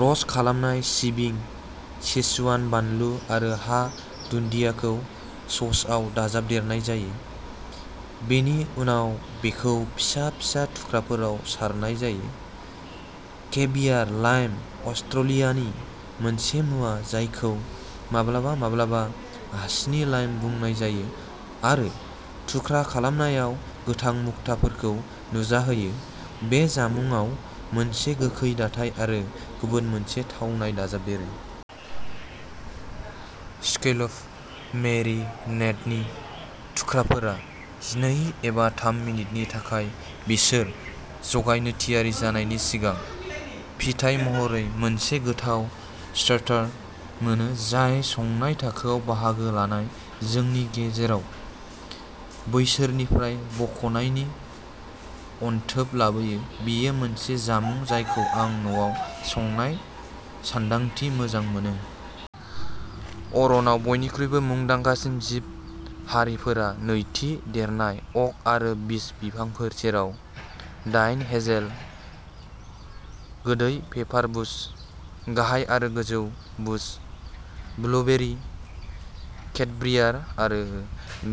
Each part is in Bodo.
र'स्ट खालामनाय सिबिं, सेचुआन बानलु आरो हा-दुन्दियाखौ ससआव दाजाबदेरनाय जायो, बेनि उनाव बेखौ फिसा फिसा थुख्राफोराव सारनाय जायो। केभियार लाइम-अस्ट्रेलियानि मोनसे मुवा जायखौ माब्लाबा माब्लाबा आसिनि लाइम बुंनाय जायो आरो थुख्रा खालामनायाव गोथां मुक्ताफोरखौ नुजाहोयो-बे जामुंआव मोनसे गोखै दाथाय आरो गुबुन मोनसे थावनाय दाजाबदेरो। स्कैलप मेरिनेडनि थुख्राफोरा नै एबा थाम मिनिटनि थाखाय बिसोर जगायनो थियारि जानायनि सिगां। फिथाय महरै मोनसे गोथाव स्टार्टार मोनो, जाय संनाय थाखोआव बाहागो लानाय जोंनि गेजेराव बैसोरनिफ्राय बाखनायनायनि अन्थोब लाबोयो। बेयो मोनसे जामुं जायखौ आं न'आव संनायनि सानदांथि मोजां मोनो। अरनाव बयनिख्रुइबो मुंदांखासिन जिब-हारिफोरा नैथि देरनाय अक आरो बीच बिफांफोर, जेराव डायन हेजेल, गोदै पेपारबुश, गाहाय आरो गोजौ बुश ब्लुबेरि, केटब्रियार आरो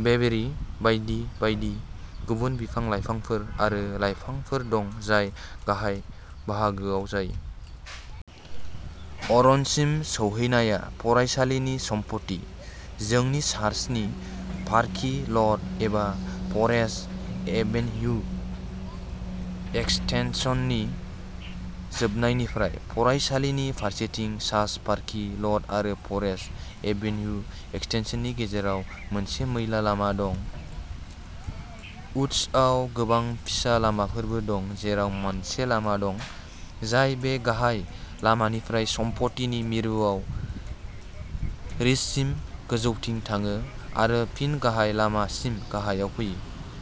बेबेरि बायदि बायदि गुबुन बिफां-लाइफांफोर आरो लायफांफोर दं, जाय गाहाय बाहागोआव जायो। अरनसिम सौहैनाया फरायसालिनि सम्पथि, जोंनि चार्चनि पार्किं ल'ट, एबा फरेस्ट एभेन्यु एक्सटेनसननि जोबनायनिफ्राय। फरायसालिनि फारसेथिं, चार्च पार्किं ल'ट आरो फरेस्ट एभेन्यु एक्सटेनसननि गेजेराव मोनसे मैला लामा दं। उड्सआव गोबां फिसा लामाफोरबो दं, जेराव मोनसे लामा दं जाय बे गाहाय लामानिफ्राय सम्पथिनि मिरुआव रिजसिम गोजौथिं थाङो आरो फिन गाहाय लामासिम गाहायाव फैयो।